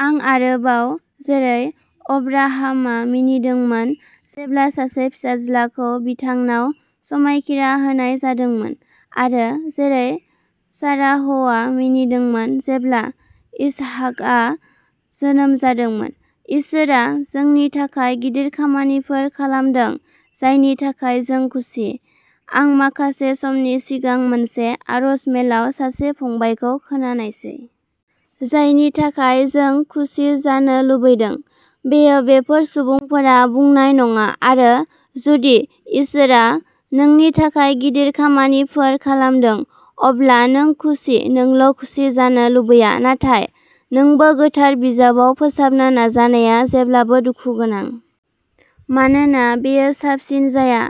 आरो आरोबाव, जेरै अब्राहामआ मिनिदोंमोन जेब्ला सासे फिसाज्लाखौ बिथांनाव समायखिरा होनाय जादोंमोन आरो जेरै साराहआ मिनिदोंमोन जेब्ला इसहाकआ जोनोम जादोंमोन। इसोरआ जोंनि थाखाय गिदिर खामानिफोर खालामदों। जायनि थाखाय जों खुसि। आं माखासे समनि सिगां मोनसे आरज मेलाव सासे फंबायखौ खोनानायसै। जायनि थाखाय जों खुसि जानो लुबैदों। बेयो बेफोर सुबुंफोरा बुंनाय नङा आरो जुदि इसोरआ नोंनि थाखाय गिदिर खामानिफोर खालामदों। अब्ला नों खुसि, नोंल' खुसि जानो लुबैया, नाथाय नोंबो गोथार बिजाबाव फोसाबनो नाजानाया जेब्लाबो दुखु गोनां। मानोना बेयो साबसिन जाया।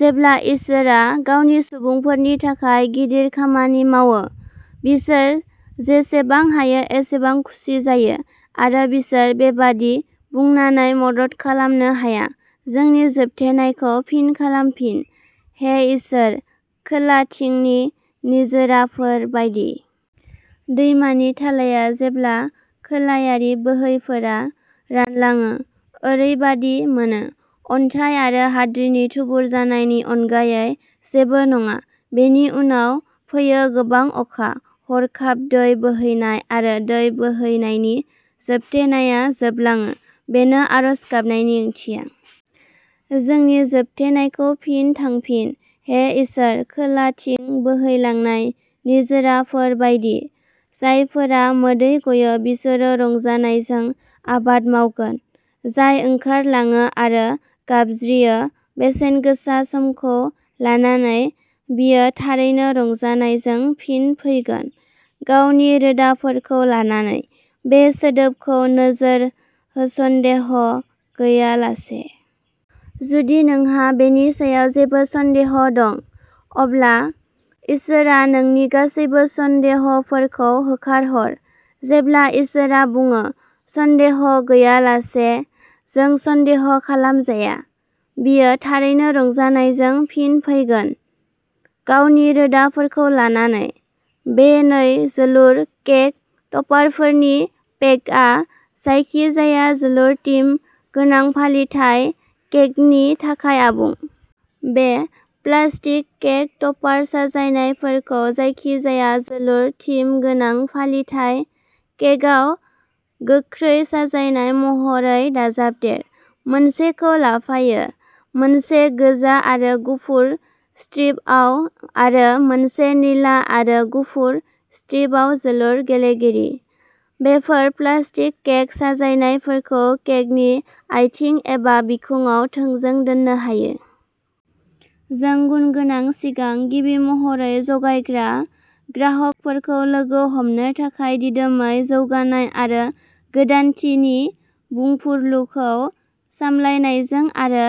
जेब्ला इसोरआ गावनि सुबुंफोरनि थाखाय गिदिर खामानि मावो, बिसोर जेसेबां हायो एसेबां खुसि जायो। आरो बिसोर बेबादि बुंनानै मदद खालामनो हाया। जोंनि जोबथेनायखौ फिन खालामफिन। हे इसोर, खोलाथिंनि निजोराफोर बायदि। दैमानि थालाया, जेब्ला खोलायारि बोहैफोरा रानलाङो, ओरैबादि मोनो। अन्थाय आरो हाद्रिनि थुबुर जानायनि अनगायै जेबो नङा। बेनि उनाव फैयो गोबां अखा, हरखाब दै बोहैनाय आरो दै बोहैनायनि जोबथेनाया जोबलाङो। बेनो आरज गाबनायनि ओंथिया। जोंनि जोबथेनायखौ फिन थांफिन, हे इसोर, खोलाथिं बोहैलांनाय निजोराफोर बायदि। जायफोरा मोदै गयो बिसोरो रंजानायजों आबाद मावगोन। जाय ओंखारलाङो आरो गाबज्रियो बेसेनगोसा समखौ लानानै, बियो थारैनो रंजानायजों फिन फैगोन। गावनि रोदाफोरखौ लानानै। बे सोदोबखौ नोजोर होसन्देह' गैयालासे। जुदि नोंहा बेनि सायाव जेबो सन्देह दं, अब्ला इसोरआ नोंनि गासैबो सन्देहफोरखौ होखारहर। जेब्ला इसोरआ बुङो, सन्देह गैयालासे जों सन्देह खालामजाया। बियो थारैनो रंजानायजों फिन फैगोन, गावनि रोदाफोरखौ लानानै। बे नै, जोलुर केक टपारफोरनि पेकआ जायखिजाया जोलुर थिम गोनां फालिथाय केकनि थाखाय आबुं। बे प्लास्टिक केक टपार साजायनायफोरखौ जायखिजाया जोलुर थिम गोनां फालिथाय केकआव गोख्रै साजायनाय महरै दाजाबदेर। मोनसेखौ लाफायो। मोनसे गोजा आरो गुफुर स्ट्रिपआव आरो मोनसे निला आरो गुफुर स्ट्रिपआव जोलुर गेलेगिरि। बेफोर प्लास्टिक केक साजायनायफोरखौ केकनि आइथिं एबा बिखंआव थोंजों दोननो हायो। जों गुन गोनां सिगां, गिबि महरै जगायग्रा, ग्राहकफोरखौ लोगो हमनो थाखाय दिदोमै जौगानाय आरो गोदानथि नि बुंफुरलुखौ सामलायनायजों आरो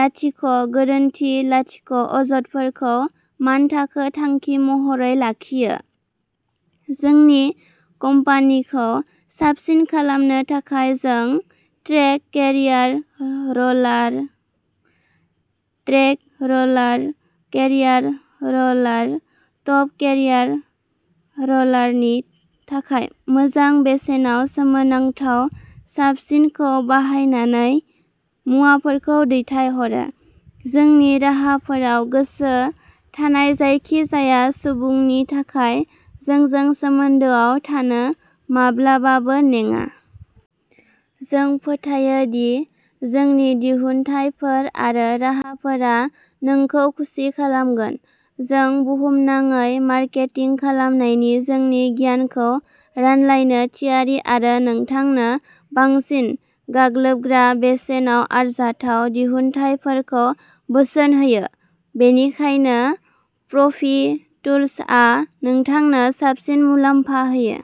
लाथिख' गोरोन्थि लाथिख'अजदफोरखौ मानथाखो थांखि महरै लाखियो। जोंनि कम्पानिखौ साबसिन खालामनो थाखाय, जों track carrier roller, track roller carrier roller, top carrier र'लारनि थाखाय मोजां बेसेनाव सोमोनांथाव साबसिनखौ बाहायनानै मुवाफोरखौ दैथायहरो, जोंनि राहाफोराव गोसो थानाय जायखिजाया सुबुंनि थाखाय जोंजों सोमोन्दोआव थानो माब्लाबाबो नेङा। जों फोथायो दि जोंनि दिहुनथायफोर आरो राहाफोरा नोंखौ खुसि खालामगोन। जों बुहुमनाङै मारकेटिं खालामनायनि जोंनि गियानखौ रानलायनो थियारि आरो नोंथांनो बांसिन गाग्लोबग्रा बेसेनाव आरजाथाव दिहुनथायफोरखौ बोसोन होयो। बेनिखायनो प्र'फि टुलसआ नोंथांनो साबसिन मुलाम्फा होयो।